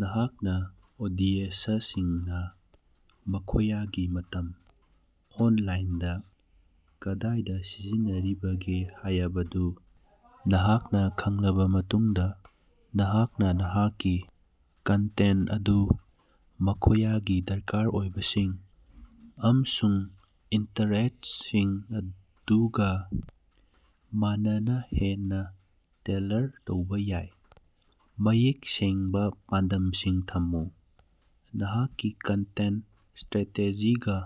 ꯅꯍꯥꯛꯅ ꯑꯣꯗꯤꯑꯦꯁꯁꯤꯡꯅꯥ ꯃꯈꯣꯌꯒꯤ ꯃꯇꯝ ꯑꯣꯟꯂꯥꯏꯟꯗꯥ ꯀꯗꯥꯏꯗꯥ ꯁꯤꯖꯤꯟꯅꯔꯤꯕꯒꯦ ꯍꯥꯌꯕꯗꯨ ꯅꯍꯥꯛꯅꯥ ꯈꯪꯂꯕꯥ ꯃꯇꯨꯡꯗꯥ, ꯅꯍꯥꯛꯅꯥ ꯅꯍꯥꯛꯀꯤ ꯀꯟꯇꯦꯟ꯭ꯇ ꯑꯗꯨ ꯃꯈꯣꯌꯒꯤ ꯗꯔꯀꯥꯔ ꯑꯣꯏꯕꯁꯤꯡ ꯑꯃꯁꯨꯡ ꯏꯟꯇ꯭ꯔꯦꯁꯠꯁꯤꯡ ꯑꯗꯨꯒꯥ ꯃꯥꯟꯅꯅꯥ ꯍꯦꯟꯅꯥ ꯇꯦꯜꯂꯔ ꯇꯧꯕꯥ ꯌꯥꯏ꯫ ꯃꯌꯦꯛ ꯁꯦꯡꯕꯥ ꯄꯥꯟꯗꯝꯁꯤꯡ ꯊꯝꯃꯨ: ꯅꯍꯥꯛꯀꯤ ꯀꯟꯇꯦꯟ꯭ꯇ ꯁꯇ꯭ꯔ‌ꯦꯇꯦꯖꯤꯒꯥ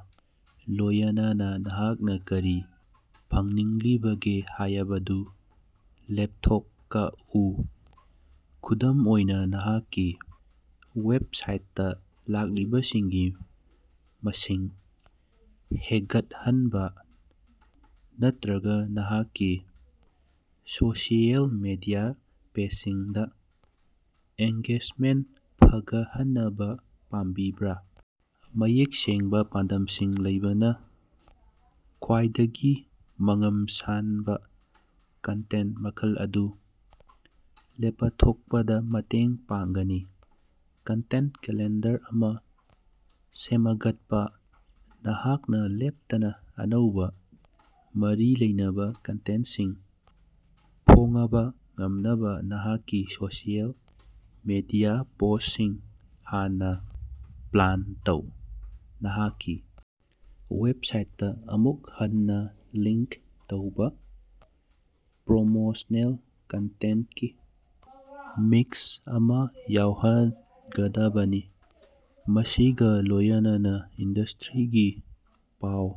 ꯂꯣꯌꯅꯅꯥ ꯅꯍꯥꯛꯅꯥ ꯀꯔꯤ ꯐꯪꯅꯤꯡꯂꯤꯕꯒꯦ ꯍꯥꯌꯕꯗꯨ ꯂꯦꯞꯊꯣꯀꯑꯨ꯫ ꯈꯨꯗꯝ ꯑꯣꯏꯅꯥ, ꯅꯍꯥꯛꯀꯤ ꯋꯦꯕꯁꯥꯏꯠꯇꯥ ꯂꯥꯛꯂꯤꯕꯁꯤꯡꯒꯤ ꯃꯁꯤꯡ ꯍꯦꯒꯠꯍꯟꯕꯥ ꯅꯠꯇ꯭ꯔꯒꯥ ꯅꯍꯥꯛꯀꯤ ꯁꯣꯁꯤꯑꯦꯜ ꯃꯤꯗꯤꯌꯥ ꯄꯦꯖꯁꯤꯡꯗꯥ ꯑꯦꯟꯒꯦꯖꯃꯦꯟ ꯐꯒꯠꯍꯅꯕꯥ ꯄꯥꯝꯕꯤꯕ꯭ꯔꯥ? ꯃꯌꯦꯛ ꯁꯦꯡꯕꯥ ꯄꯥꯟꯗꯝꯁꯤꯡ ꯂꯩꯕꯅꯥ ꯈ꯭ꯋꯥꯏꯗꯒꯤ ꯃꯉꯝ ꯁꯥꯟꯕꯥ ꯀꯟꯇꯦꯟ꯭ꯇ ꯃꯈꯜ ꯑꯗꯨ ꯂꯦꯄꯊꯣꯛꯄꯗꯥ ꯃꯇꯦꯡ ꯄꯥꯡꯒꯅꯤ꯫ ꯀꯟꯇꯦꯟ꯭ꯇ ꯀꯦꯂꯦꯟꯗꯔ ꯑꯃꯥ ꯁꯦꯃꯒꯠꯄꯥ: ꯅꯍꯥꯛꯅꯥ ꯂꯦꯞꯇꯅꯥ ꯑꯅꯧꯕꯥ, ꯃꯔꯤ ꯂꯩꯅꯕꯥ ꯀꯟꯇꯦꯟ꯭ꯇꯁꯤꯡ ꯐꯣꯉꯕꯥ ꯉꯝꯅꯕꯥ ꯅꯍꯥꯛꯀꯤ ꯁꯣꯁꯤꯑꯦꯜ ꯃꯤꯗꯤꯌꯥ ꯄꯣꯁꯠꯁꯤꯡ ꯍꯥꯟꯅꯥ ꯄ꯭ꯂꯥꯟ ꯇꯧ꯫ ꯅꯍꯥꯛꯀꯤ ꯋꯦꯕꯁꯥꯏꯠꯇꯥ ꯑꯃꯨꯛ ꯍꯟꯅꯥ ꯂꯤꯡꯛ ꯇꯧꯕꯥ ꯄ꯭ꯔꯣꯃꯣꯁꯅꯦꯜ ꯀꯟꯇꯦꯟ꯭ꯇꯀꯤ ꯃꯤꯛꯁ ꯑꯃꯥ ꯌꯥꯎꯍꯒꯗꯕꯅꯤ, ꯃꯁꯤꯒꯥ ꯂꯣꯌꯅꯅꯥ ꯏꯟꯗꯁꯇ꯭ꯔꯤꯒꯤ ꯄꯥꯎ,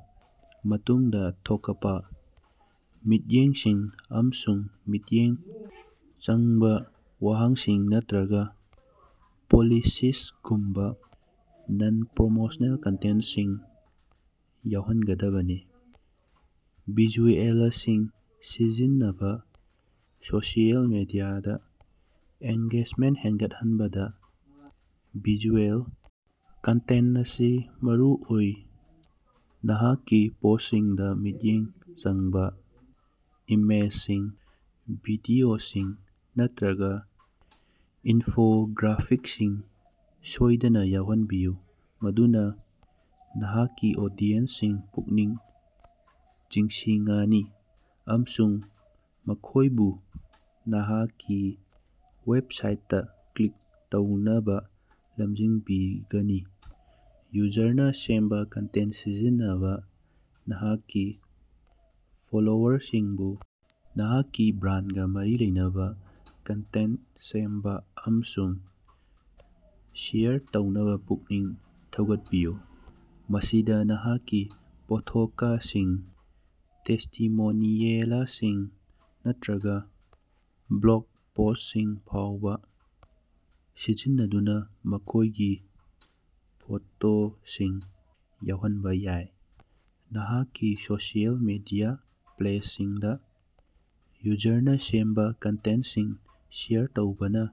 ꯃꯇꯨꯡꯗꯥ ꯊꯣꯀꯄꯥ ꯃꯤꯠꯌꯦꯡꯁꯤꯡ, ꯑꯃꯁꯨꯡ ꯃꯤꯠꯌꯦꯡ ꯆꯪꯕꯥ ꯋꯥꯍꯪꯁꯤꯡ ꯅꯠꯇ꯭ꯔꯒꯥ ꯄꯣꯂꯤꯁꯤꯁꯒꯨꯝꯕꯥ ꯅꯟ-ꯄ꯭ꯔꯣꯃꯣꯁꯅꯦꯜ ꯀꯟꯇꯦꯟ꯭ꯇꯁꯤꯡ ꯌꯥꯎꯍꯟꯒꯗꯕꯅꯤ꯫ ꯚꯤꯖꯨꯑꯦꯂꯁꯤꯡ ꯁꯤꯖꯤꯟꯅꯕꯥ: ꯁꯣꯁꯤꯑꯦꯜ ꯃꯤꯗꯤꯌꯥꯗꯥ ꯑꯦꯟꯒꯦꯖꯃꯦꯟꯠ ꯍꯦꯟꯒꯠꯍꯟꯕꯗ ꯚꯤꯖꯨꯑꯦꯜ ꯀꯟꯇꯦꯟ꯭ꯇ ꯑꯁꯤ ꯃꯔꯨ ꯑꯣꯏ꯫ ꯅꯍꯥꯛꯀꯤ ꯄꯣꯁꯠꯁꯤꯡꯗꯥ ꯃꯤꯠꯌꯦꯡ ꯆꯪꯕꯥ ꯏꯃꯦꯖꯁꯤꯡ, ꯚꯤꯗꯤꯑꯣꯁꯤꯡ ꯅꯠꯇ꯭ꯔꯒꯥ ꯏꯟꯐꯣꯒ꯭ꯔꯥꯐꯤꯛꯁꯤꯡ ꯁꯣꯏꯗꯅꯥ ꯌꯥꯎꯍꯟꯕꯤꯌꯨ ꯃꯗꯨꯅꯥ ꯅꯍꯥꯛꯀꯤ ꯑꯣꯗꯤꯌꯦꯁꯒꯤ ꯄꯨꯛꯅꯤꯡ ꯆꯤꯡꯁꯤꯉꯅꯤ ꯑꯃꯁꯨꯡ ꯃꯈꯣꯏꯕꯨ ꯅꯍꯥꯛꯀꯤ ꯋꯦꯕꯁꯥꯏꯠꯇꯥ ꯀ꯭ꯂꯤꯛ ꯇꯧꯅꯕꯥ ꯂꯝꯖꯤꯡꯕꯤꯒꯅꯤ꯫ ꯌꯨꯖꯔꯅꯥ ꯁꯦꯝꯕꯥ ꯀꯟꯇꯦꯟ꯭ꯇ ꯁꯤꯖꯤꯟꯅꯕ: ꯅꯍꯥꯛꯀꯤ ꯐꯣꯂꯣꯋꯔꯁꯤꯡꯕꯨ ꯅꯍꯥꯛꯀꯤ ꯕ꯭ꯔꯥꯟꯒꯥ ꯃꯔꯤ ꯂꯩꯅꯕꯥ ꯀꯟꯇꯦꯟ꯭ꯇ ꯁꯦꯝꯕꯥ ꯑꯃꯁꯨꯡ ꯁꯤꯌꯔ ꯇꯧꯅꯕꯥ ꯄꯨꯛꯅꯤꯡ ꯊꯧꯒꯠꯄꯤꯌꯨ꯫ ꯃꯁꯤꯗꯥ ꯅꯍꯥꯛꯀꯤ ꯄꯣꯠꯊꯣꯀꯁꯤꯡ, ꯇꯦꯁ꯭ꯇꯤꯃꯣꯅꯤꯌꯦꯂꯁꯤꯡ ꯅꯠꯇ꯭ꯔꯒꯥ ꯕ꯭ꯂꯣꯒ ꯄꯣꯁ꯭ꯠꯁꯤꯡ ꯐꯥꯎꯕꯥ ꯁꯤꯖꯤꯟꯅꯗꯨꯅꯥ ꯃꯈꯣꯏꯒꯤ ꯐꯣꯇꯣꯁꯤꯡ ꯌꯥꯎꯍꯟꯕꯥ ꯌꯥꯏ꯫ ꯅꯍꯥꯛꯀꯤ ꯁꯣꯁꯤꯑꯦꯜ ꯃꯤꯗꯤꯌꯥ ꯄ꯭ꯂ‌ꯦꯖꯁꯤꯡꯗꯥ ꯌꯨꯖꯔꯅꯥ ꯁꯦꯝꯕꯥ ꯀꯟꯇꯦꯟ꯭ꯇꯁꯤꯡ ꯁꯤꯌꯔ ꯇꯧꯕꯅꯥ